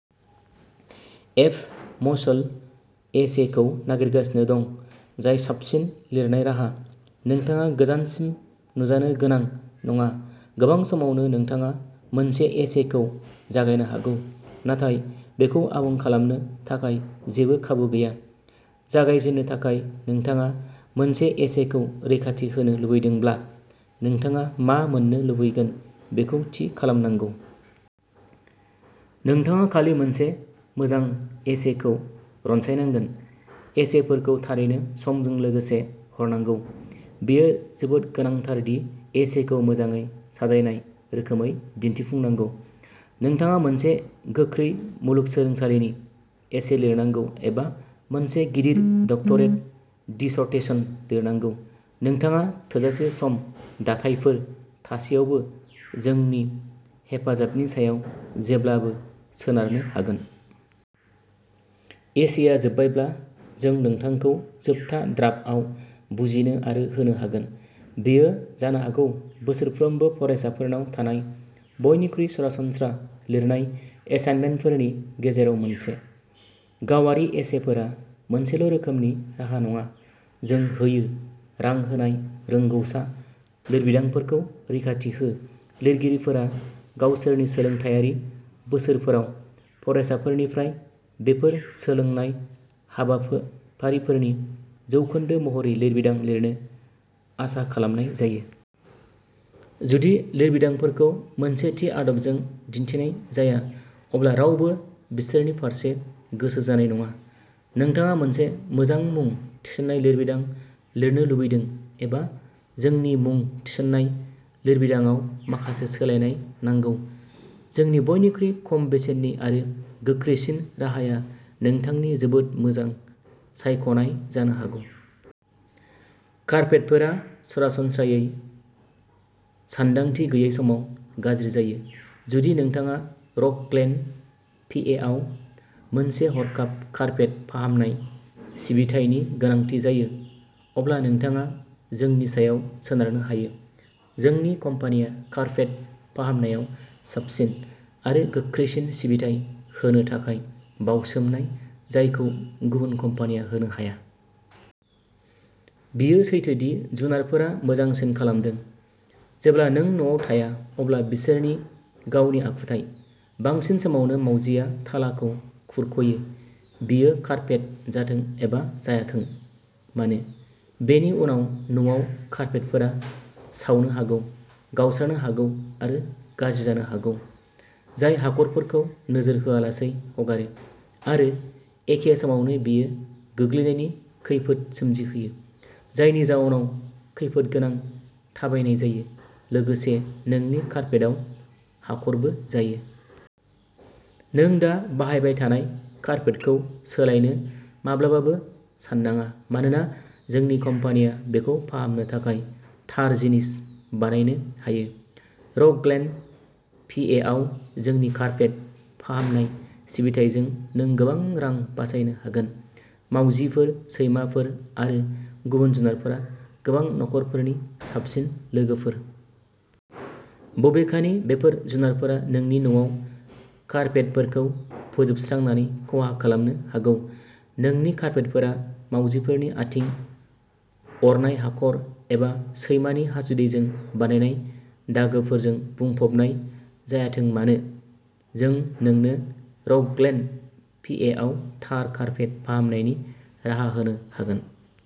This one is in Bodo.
एब मसल एसेखौ नागिरगासिनो दं, जाय साबसिन लिरनाय राहा, नोंथाङा गोजानसिम नुजानो गोनां नङा। गोबां समावनो नोंथाङा मोनसे एसेखौ जागायनो हागौ, नाथाय बेखौ आबुं खालामनो थाखाय जेबो खाबु गैया। जागायजेननो थाखाय, नोंथाङा मोनसे एसेखौ रैखाथि होनो लुबैदोंब्ला, नोंथाङा मा मोन्नो लुबैगोन बेखौ थि खालामनांगौ। नोंथाङा खालि मोनसे मोजां एसेखौ रनसायनांगोन। एसेफोरखौ थारैनो समजों लोगोसे हरनांगौ। बेयो जोबोद गोनांथार दि एसेखौ मोजाङै साजायनाय रोखोमै दिन्थिफुंनांगौ। नोंथाङा मोनसे गोख्रै मुलुगसोलोंसालिनि एसे लिरनांगौ एबा मोनसे गिदिर डक्टरेट डिसर्टेशन लिरनांगौ, नोंथाङा थोजासे सम दाथायफोर थासेयावबो जोंनि हेफाजाबनि सायाव जेब्लाबो सोनारनो हागोन। एसेआ जोबबायब्ला, जों नोंथांखौ जोबथा ड्राफ्टआव बुजिनो आरो होनो हागोन। बेयो जानो हागौ बोसोरफ्रोमबो फरायसाफोरनाव थानाय बयनिख्रुइ सरासनस्रा लिरनाय एसाइनमेन्टफोरनि गेजेराव मोनसे। गावारि एसेफोरा मोनसेल'रोखोमनि राहा नङा। जों होयो। रां होनाय रोंग'सा लिरबिदांफोरखौ रैखाथि हो, लिरगिरिफोरा गावसोरनि सोलोंथायारि बोसोरफोराव, फरायसाफोरनिफ्राय बेफोर सोलोंनाय हाबाफारिफोरनि जौखोन्दो महरै लिरबिदां लिरनो आसा खालामनाय जायो। जुदि लिरबिदांफोरखौ मोनसे थि आदबजों दिन्थिनाय जाया, अब्ला रावबो बिसोरनि फारसे गोसो जानाय नङा। नोंथाङा मोनसे मोजां मुं थिसननाय लिरबिदां लिरनो लुबैदों एबा जोंनि मुं थिसननाय लिरबिदांआव माखासे सोलायनाय नांगौ, जोंनि बयनिख्रुइ खम बेसेननि आरो गोख्रैसिन राहाया नोंथांनि जोबोद मोजां सायख'नाय जानो हागौ। कार्पेटफोरा सरासनस्रायै सानदांथि गैयै समाव गाज्रि जायो। जुदि नोंथाङा रक ग्लेन, पिएआव मोनसे हरखाब कार्पेट फाहामनाय सिबिथायनि गोनांथि जायो, अब्ला नोंथाङा जोंनि सायाव सोनारनो हायो। जोंनि कम्पानिया कार्पेट फाहामनायाव साबसिन आरो गोख्रैसिन सिबिथाइ होनो थाखाय बावसोमनाय जायखौ गुबुन कम्पानिया होनो हाया। बेयो सैथो दि जुनारफोरा मोजांसिन खालामदों। जेब्ला नों न'आव थाया अब्ला बिसोरनि गावनि आखुथाय। बांसिन समावनो, मावजिआ थालाखौ खुरख'यो, बियो कारपेट जाथों एबा जायाथों मानो। बेनि उनाव, न'आव कारपेटफोरा सावनो हागौ, गावस्रानो हागौ आरो गाज्रि जानो हागौ, जाय हाखरफोरखौ नोजोर होआलासै हगारो, आरो एखे समावनो बेयो गोग्लैनायनि खैफोद सोमजिहोयो, जायनि जाउनाव खैफोदगोनां थाबायनाय जायो, लोगोसे नोंनि कारपेटआव हाखरबो जायो। नों दा बाहायबाय थानाय कारपेटखौ सोलायनो माब्लाबाबो साननाङा मानोना जोंनि कम्पानिया बेखौ फाहामनो थाखाय थार जिनिस बानायनो हायो। रक ग्लेन, पिएआव जोंनि कारपेट फाहामनाय सिबिथाइजों नों गोबां रां बासायनो हागोन। मावजिफोर, सैमाफोर आरो गुबुन जुनारफोरा गोबां नखरफोरनि साबसिन लोगोफोर। बबेखानि बेफोर जुनारफोरा नोंनि न'आव कारपेटफोरखौ फोजोबस्रांनानै खहा खालामनो हागौ। नोंनि कारपेटफोरा मावजिफोरनि आथिं, अरनाय हाखर एबा सैमानि हासुदैजों बानायनाय दागोफोरजों बुंफबनाय जायाथों मानो, जों नोंनो रक ग्लेन, पिएआव थार कारपेट फाहामनायनि राहा होनो हागोन।